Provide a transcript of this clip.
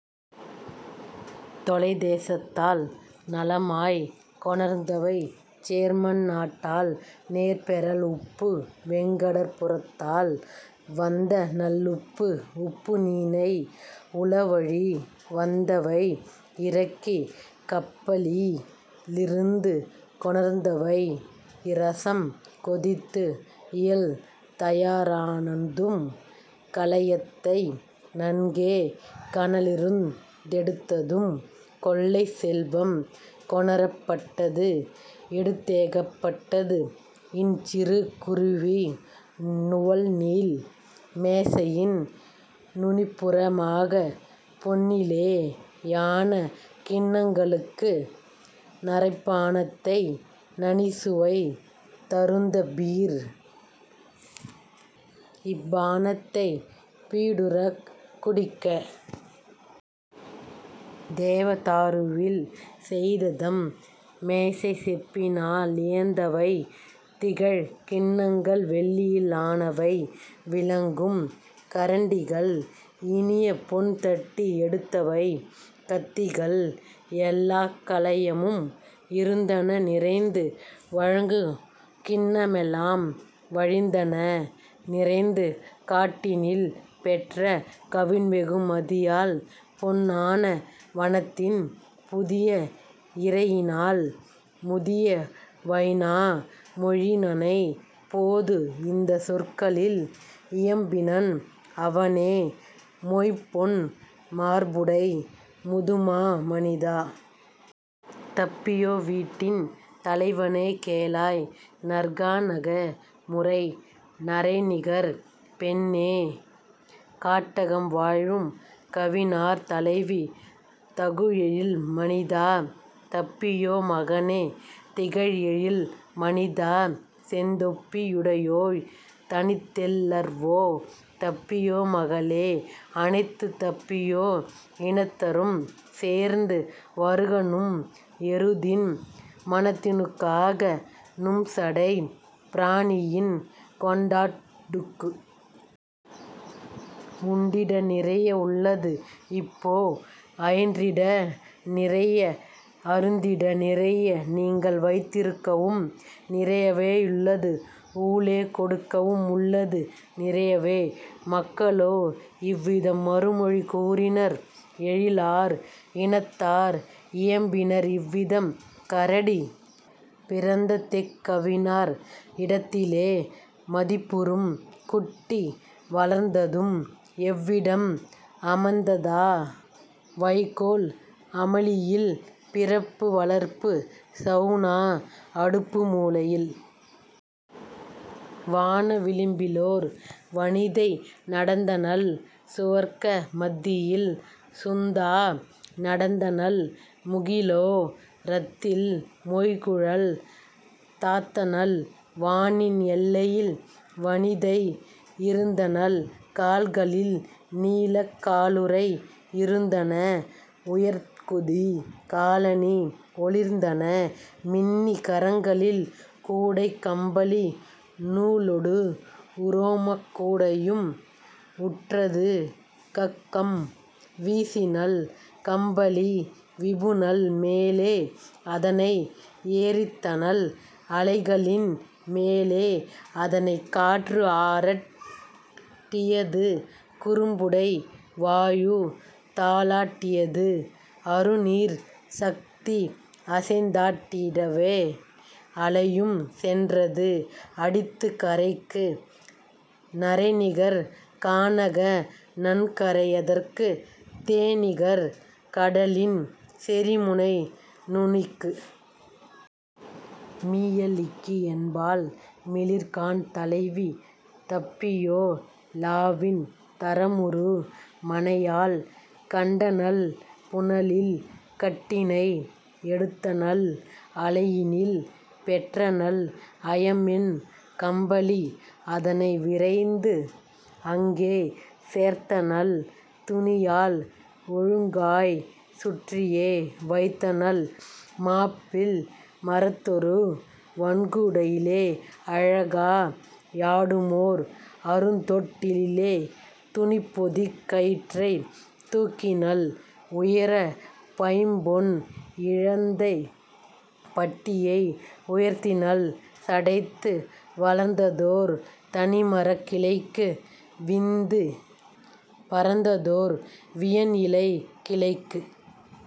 தொலைதே சத்தால் நலமாய்க் கொணர்ந்தவை German நாட்டால் நேர்பெறல் உப்பு வெண்கடற் புறத்தால் வந்தநல் loop உப்பு நீணை உளவழி வந்தவை இறக்கிக் கப்பலி லிருந்து கொணர்ந்தவை. இரசம் கொதித்து இயல்தயா ரானதும் கலயத்தை நன்கே கனலிருந் தெடுத்ததும் கொள்ளைச் செல்வம் கொணரப் பட்டது எடுத்தேகப் பட்டது இன்சிறு குருவி நுவல்நீள் மேசையின் நுனிப்புற மாக பொன்னிலே யான கிண்ணங் களுக்கு நறைப்பா னத்தை நனிசுவைத் தருந்த பீர் ப்பா னத்தைப் பீடுறக் குடிக்க. தேவ தாருவில் செய்ததம் மேசை செப்பினா லியந்தவை திகழ்கிண் ணங்கள் வெள்ளியில் ஆனவை விளங்கும் கரண்டிகள் இனியபொன் தட்டி எடுத்தவை கத்திகள்; எல்லாக் கலயமும் இருந்தன நிறைந்து வழங்குகிண் ணமெலாம் வழிந்தன நிறைந்து காட்டினில் பெற்ற கவின்வெகு மதியால் பொன்னான வனத்தின் புதிய இரையினால். முதிய வைனா மொயினனைப் போது இந்தச் சொற்களில் இயம்பினன் அவனே: "மொய்ம்பொன் மார்புடை முதுமா மனிதா! தப்பியோ வீட்டின் தலைவனே கேளாய்! நற்கா னகமுறை நறைநிகர் பெண்ணே! காட்டகம் வாழும் கவினார் தலைவி! தகுஎழில் மனிதா, தப்பியோ மகனே! திகழ்எழில் மனிதா, செந்தொப்பி யுடையோய்! தனித்தெல் லர்வோ, தப்பியோ மகளே! அனைத்துத் தப்பியோ இனத்தரும் சேர்ந்து வருகநும் எருதின் மணத்தினுக் காக நும்சடைப் பிராணியின் கொண்டாட் டுக்கு! உண்டிட நிறைய உள்ளது இப்போ அயின்றிட நிறைய, அருந்திட நிறைய, நீங்கள்வைத் திருக்கவும் நிறையவே யுள்ளது ஊலே கொடுக்கவும் உள்ளது நிறையவே. " மக்களோ இவ்விதம் மறுமொழி கூறினர் எழிலார் இனத்தார் இயம்பினர் இவ்விதம்: "கரடி பிறந்ததெக் கவினார் இடத்திலே மதிப்புறும் குட்டி வளர்ந்ததும் எவ்விடம் அமைந்ததா வைக்கோல் அமளியில் பிறப்பு வளர்ப்புச் சவுனா அடுப்பு மூலையில்? வான விளிம்பிலோர் வனிதை நடந்தனள் சுவர்க்க மத்தியில் சுந்தா நடந்தனள் முகிலோ ரத்தில் மொய்குழல் தாத்தனள் வானின் எல்லையில் வனிதை இருந்தனள் கால்களில் நீலக் காலுறை யிருந்தன உயர்குதிக் காலணி ஒளிர்ந்தன மின்னி கரங்களில் கூடை கம்பளி நூலொடு உரோமக் கூடையும் உற்றது கக்கம்; வீசினள் கம்பளி விபுனல் மேலே அதனை எறித்தனள் அலைகளின் மேலே அதனைக் காற்று ஆராட் டியது குறும்புடை வாயு தாலாட் டியது அருநீர்ச் சக்தி அசைந்தாட் டிடவே அலையும் சென்றது அடித்துக் கரைக்கு நறைநிகர் கானக நன்கரை யதற்கு தேனிகர் கடலின் செறிமுனை நுனிக்கு. மியெலிக்கி என்பாள் மிளிர்கான் தலைவி தப்பியோ லாவின் தரமுறு மனையாள் கண்டனள் புனலில் கட்டினை எடுத்தனள் அலையினில் பெற்றனள் அயமென் கம்பளி. அதனை விரைந்து அங்கே சேர்த்தனள் துணியால் ஒழுங்காய்ச் சுற்றியே வைத்தனள் மாப்பிள் மரத்தொரு வன்கூ டையிலே அழகா யாடுமோர் அருந்தொட் டிலிலே; துணிப்பொதிக் கயிற்றை தூக்கினள் உயர பைம்பொன் இயைந்த பட்டியை உயர்த்தினள் சடைத்து வளர்ந்ததோர் தனிமரக் கிளைக்கு விந்து பரந்ததோர் வியன்இலைக் கிளைக்கு.